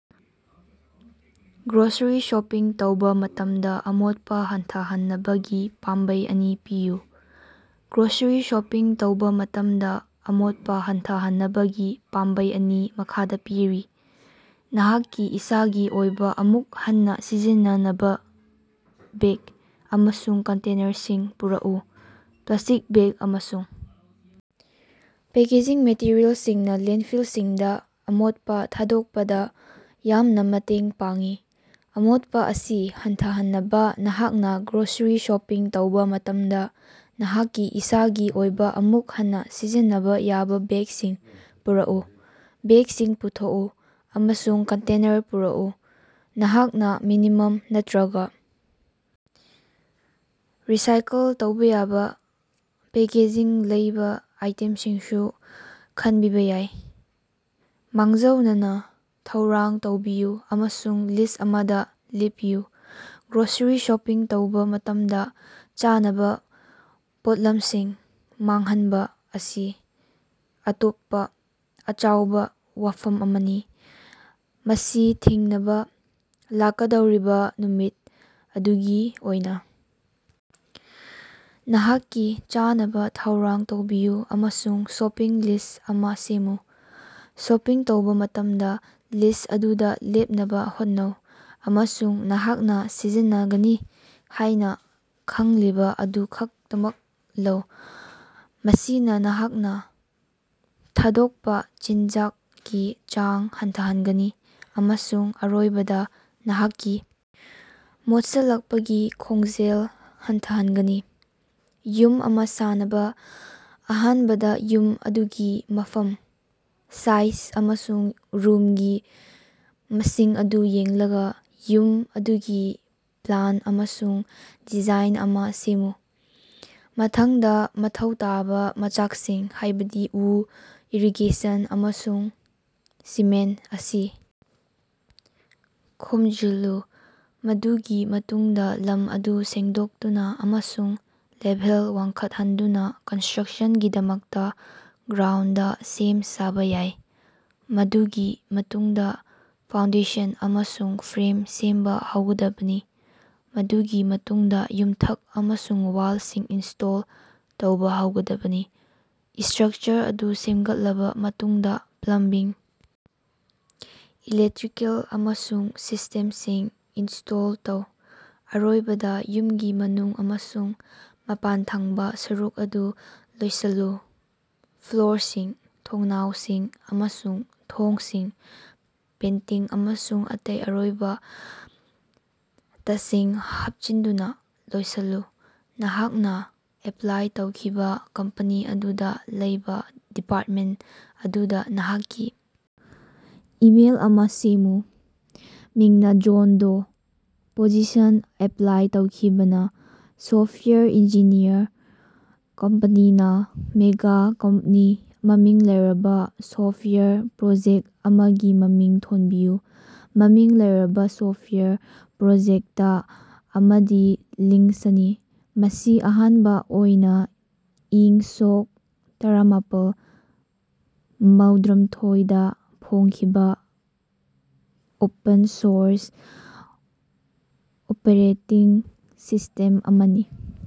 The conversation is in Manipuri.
ꯒ꯭ꯔꯣꯁꯔꯤ ꯁꯣꯄꯤꯡ ꯇꯧꯕꯥ ꯃꯇꯝꯗꯥ ꯑꯃꯣꯠꯄꯥ ꯍꯟꯊꯍꯟꯅꯕꯒꯤ ꯄꯥꯝꯕꯩ ꯑꯅꯤ ꯄꯤꯌꯨ꯫ ꯒ꯭ꯔꯣꯁꯔꯤ ꯁꯣꯄꯤꯡ ꯇꯧꯕꯥ ꯃꯇꯝꯗꯥ ꯑꯃꯣꯠꯄꯥ ꯍꯟꯊꯍꯟꯅꯕꯒꯤ ꯄꯥꯝꯕꯩ ꯑꯅꯤ ꯃꯈꯥꯗꯥ ꯄꯤꯔꯤ꯫ ꯅꯍꯥꯛꯀꯤ ꯏꯁꯥꯒꯤ ꯑꯣꯏꯕꯥ ꯑꯃꯨꯛ ꯍꯟꯅꯥ ꯁꯤꯖꯤꯟꯅꯕꯥ ꯌꯥꯕꯥ ꯕꯦꯛ ꯑꯃꯁꯨꯡ ꯀꯟꯇꯦꯅꯔꯁꯤꯡ ꯄꯨꯔꯛꯎ꯫ ꯄ꯭ꯂꯥꯁꯇꯤꯛ ꯕꯦꯛ ꯑꯃꯁꯨꯡ ꯄꯦꯀꯦꯖꯤꯡ ꯃꯦꯇꯔꯤꯑꯦꯜꯁꯤꯡꯅꯥ ꯂꯦꯟꯗꯐꯤꯜꯁꯤꯡꯗꯥ ꯑꯃꯣꯠꯄꯥ ꯊꯥꯗꯣꯛꯄꯗꯥ ꯌꯥꯝꯅ ꯃꯇꯦꯡ ꯄꯥꯡꯏ꯫ ꯑꯃꯣꯠꯄꯥ ꯑꯁꯤ ꯍꯟꯊꯍꯟꯅꯕꯥ, ꯅꯍꯥꯛꯅꯥ ꯒ꯭ꯔꯣꯁꯔꯤ ꯁꯣꯄꯤꯡ ꯇꯧꯕꯥ ꯃꯇꯝꯗꯥ ꯅꯍꯥꯛꯀꯤ ꯏꯁꯥꯒꯤ ꯑꯣꯏꯕꯥ ꯑꯃꯨꯛ ꯍꯟꯅꯥ ꯁꯤꯖꯤꯟꯅꯕꯥ ꯌꯥꯕꯥ ꯕꯦꯛꯁꯤꯡ ꯄꯨꯔꯛꯎ, ꯕꯦꯛꯁꯤꯡ ꯄꯨꯊꯣꯛꯎ ꯑꯃꯁꯨꯡ ꯀꯟꯇꯦꯅꯔꯁꯤꯡ ꯄꯨꯔꯛꯎ꯫ ꯅꯍꯥꯛꯅꯥ ꯃꯤꯅꯤꯃꯝ ꯅꯠꯇ꯭ꯔꯒꯥ ꯔꯤꯁꯥꯏꯀꯜ ꯇꯧꯕꯥ ꯌꯥꯕꯥ ꯄꯦꯀꯦꯖꯤꯡ ꯂꯩꯕꯥ ꯑꯥꯏꯇꯦꯝꯁꯤꯡꯁꯨ ꯈꯟꯕꯤꯕꯥ ꯌꯥꯏ꯫ ꯃꯥꯡꯖꯧꯅꯅꯥ ꯊꯧꯔꯥꯡ ꯇꯧꯕꯤꯌꯨ ꯑꯃꯁꯨꯡ ꯂꯤꯁ ꯑꯃꯗꯥ ꯂꯦꯞꯄꯤꯌꯨ꯫ ꯒ꯭ꯔꯣꯁꯔꯤ ꯁꯣꯄꯤꯡ ꯇꯧꯕꯥ ꯃꯇꯝꯗꯥ ꯆꯥꯅꯕꯥ ꯄꯣꯠꯂꯝꯁꯤꯡ ꯃꯥꯡꯍꯟꯕꯥ ꯑꯁꯤ ꯑꯇꯣꯞꯄꯥ ꯑꯆꯧꯕꯥ ꯋꯥꯐꯝ ꯑꯃꯅꯤ꯫ ꯃꯁꯤ ꯊꯤꯡꯅꯕꯥ, ꯂꯥꯛꯀꯗꯧꯔꯤꯕꯥ ꯅꯨꯃꯤꯠ ꯑꯗꯨꯒꯤ ꯑꯣꯏꯅꯥ ꯅꯍꯥꯛꯀꯤ ꯆꯥꯅꯕꯥ ꯊꯧꯔꯥꯡ ꯇꯧꯕꯤꯌꯨ ꯑꯃꯁꯨꯡ ꯁꯣꯄꯤꯡ ꯂꯤꯁ ꯑꯃꯥ ꯁꯦꯝꯃꯨ꯫ ꯁꯣꯄꯤꯡ ꯇꯧꯕꯥ ꯃꯇꯝꯗꯥ ꯂꯤꯁ ꯑꯗꯨꯗꯥ ꯂꯦꯞꯅꯕꯥ ꯍꯣꯠꯅꯧ ꯑꯃꯁꯨꯡ ꯅꯍꯥꯛꯅꯥ ꯁꯤꯖꯤꯟꯅꯒꯅꯤ ꯍꯥꯏꯅꯥ ꯈꯪꯂꯤꯕꯥ ꯑꯗꯨ ꯈꯛꯇꯃꯛ ꯂꯧ꯫ ꯃꯁꯤꯅꯥ ꯅꯍꯥꯛꯅꯥ ꯊꯥꯗꯣꯛꯄꯥ ꯆꯤꯟꯖꯥꯛꯀꯤ ꯆꯥꯡ ꯍꯟꯊꯍꯟꯒꯅꯤ ꯑꯃꯁꯨꯡ ꯑꯔꯣꯏꯕꯗꯥ ꯅꯍꯥꯛꯀꯤ ꯃꯣꯠꯁꯜꯂꯛꯄꯒꯤ ꯈꯣꯡꯖꯦꯜ ꯍꯟꯊꯍꯟꯒꯅꯤ꯫ ꯌꯨꯝ ꯑꯃꯥ ꯁꯥꯅꯕꯥ ꯑꯍꯥꯟꯕꯗꯥ ꯌꯨꯝ ꯑꯗꯨꯒꯤ ꯃꯐꯝ, ꯁꯥꯏꯖ ꯑꯃꯁꯨꯡ ꯔꯨꯝꯒꯤ ꯃꯁꯤꯡ ꯑꯗꯨ ꯌꯦꯡꯂꯒꯥ, ꯌꯨꯝ ꯑꯗꯨꯒꯤ ꯄ꯭ꯂꯥꯟ ꯑꯃꯁꯨꯡ ꯗꯤꯖꯥꯏꯟ ꯑꯃꯥ ꯁꯦꯝꯃꯨ꯫ ꯃꯊꯪꯗꯥ, ꯃꯊꯧ ꯇꯥꯕꯥ ꯃꯆꯥꯛꯁꯤꯡ, ꯍꯥꯏꯕꯗꯤ ꯎ, ꯏꯔꯤꯒꯦꯁꯟ ꯑꯃꯁꯨꯡ ꯁꯤꯃꯦꯟꯇ ꯑꯁꯤ ꯈꯣꯝꯖꯤꯜꯂꯨ꯫ ꯃꯗꯨꯒꯤ ꯃꯇꯨꯡꯗꯥ ꯂꯝ ꯑꯗꯨ ꯁꯦꯡꯗꯣꯛꯇꯨꯅꯥ ꯑꯃꯁꯨꯡ ꯂꯦꯚꯦꯜ ꯋꯥꯡꯈꯠꯍꯟꯗꯨꯅꯥ ꯀꯟꯁꯇ꯭ꯔꯛꯁꯟꯒꯤꯗꯃꯛꯇꯥ ꯒ꯭ꯔꯥꯎꯟꯗ ꯁꯦꯝ-ꯁꯥꯕꯥ ꯌꯥꯏ꯫ ꯃꯗꯨꯒꯤ ꯃꯇꯨꯡꯗꯥ ꯐꯥꯎꯟꯗꯦꯁꯟ ꯑꯃꯁꯨꯡ ꯐ꯭ꯔꯦꯝ ꯁꯦꯝꯕꯥ ꯍꯧꯒꯗꯕꯅꯤ, ꯃꯗꯨꯒꯤ ꯃꯇꯨꯡꯗꯥ ꯌꯨꯝꯊꯛ ꯑꯃꯁꯨꯡ ꯋꯥꯜꯁꯤꯡ ꯏꯟꯁꯇꯣꯜ ꯇꯧꯕꯥ ꯍꯧꯒꯗꯕꯅꯤ꯫ ꯏꯁꯇ꯭ꯔꯛꯆꯔ ꯑꯗꯨ ꯁꯦꯝꯒꯠꯂꯕꯥ ꯃꯇꯨꯡꯗꯥ, ꯄ꯭ꯂꯝꯕꯤꯡ, ꯏꯂꯦꯛꯇ꯭ꯔꯤꯀꯦꯜ ꯑꯃꯁꯨꯡ ꯁꯤꯁꯇꯦꯝꯁꯤꯡ ꯏꯟꯁꯇꯣꯜ ꯇꯧ꯫ ꯑꯔꯣꯏꯕꯗꯥ, ꯌꯨꯝꯒꯤ ꯃꯅꯨꯡ ꯑꯃꯁꯨꯡ ꯃꯄꯥꯟꯊꯪꯕꯥ ꯁꯔꯨꯛ ꯑꯗꯨ ꯂꯣꯏꯁꯤꯜꯂꯨ, ꯐ꯭ꯂꯣꯔꯁꯤꯡ, ꯊꯣꯡꯅꯥꯎꯁꯤꯡ ꯑꯃꯁꯨꯡ ꯊꯣꯡꯁꯤꯡ ꯄꯦꯟꯇꯤꯡ ꯑꯃꯁꯨꯡ ꯑꯇꯩ ꯑꯔꯣꯏꯕꯥ ꯇꯁꯁꯤꯡ ꯍꯥꯞꯆꯤꯟꯗꯨꯅꯥ ꯂꯣꯏꯁꯜꯂꯨ꯫ ꯅꯍꯥꯛꯅꯥ ꯑꯦꯄ꯭ꯂꯥꯏ ꯇꯧꯈꯤꯕꯥ ꯀꯝꯄꯅꯤ ꯑꯗꯨꯗꯥ ꯂꯩꯕꯥ ꯗꯤꯄꯥꯔꯇꯃꯦꯟꯇ ꯑꯗꯨꯗꯥ ꯅꯍꯥꯛꯀꯤ ꯏꯃꯦꯜ ꯑꯃꯥ ꯁꯦꯝꯃꯨ꯫ ꯃꯤꯡꯅꯥ ꯖꯣꯟ ꯗꯣ, ꯄꯣꯖꯤꯁꯟ ꯑꯦꯄ꯭ꯂꯥꯏ ꯇꯧꯈꯤꯕꯥꯅ ꯁꯣꯞꯋꯦꯌꯔ ꯏꯟꯖꯤꯅꯤꯌꯔ, ꯀꯝꯄꯦꯅꯤꯅ ꯃꯦꯒꯥꯀꯣꯞꯅꯤ꯫ ꯃꯃꯤꯡ ꯂꯩꯔꯕꯥ ꯁꯣꯞꯋꯥꯌꯔ ꯄ꯭ꯔꯣꯖꯦꯛ ꯑꯃꯒꯤ ꯃꯃꯤꯡ ꯊꯣꯟꯕꯤꯌꯨ꯫ ꯃꯃꯤꯡ ꯂꯩꯔꯕꯥ ꯁꯣꯞꯋꯥꯌꯔ ꯄ꯭ꯔꯣꯖꯦꯛꯇ ꯑꯃꯗꯤ ꯂꯤꯅꯛꯁꯅꯤ, ꯃꯁꯤ ꯑꯍꯥꯟꯕꯥ ꯑꯣꯏꯅꯥ ꯏꯪ ꯁꯣꯛ ꯇꯔꯥꯃꯥꯄꯜ ꯃꯧꯗ꯭ꯔꯥꯃꯊꯣꯏꯗ ꯐꯣꯡꯈꯤꯕꯥ ꯑꯣꯄꯟ-ꯁꯣꯔꯁ ꯑꯣꯄꯔꯦꯇꯤꯡ ꯁꯤꯁꯇꯦꯝ ꯑꯃꯅꯤ꯫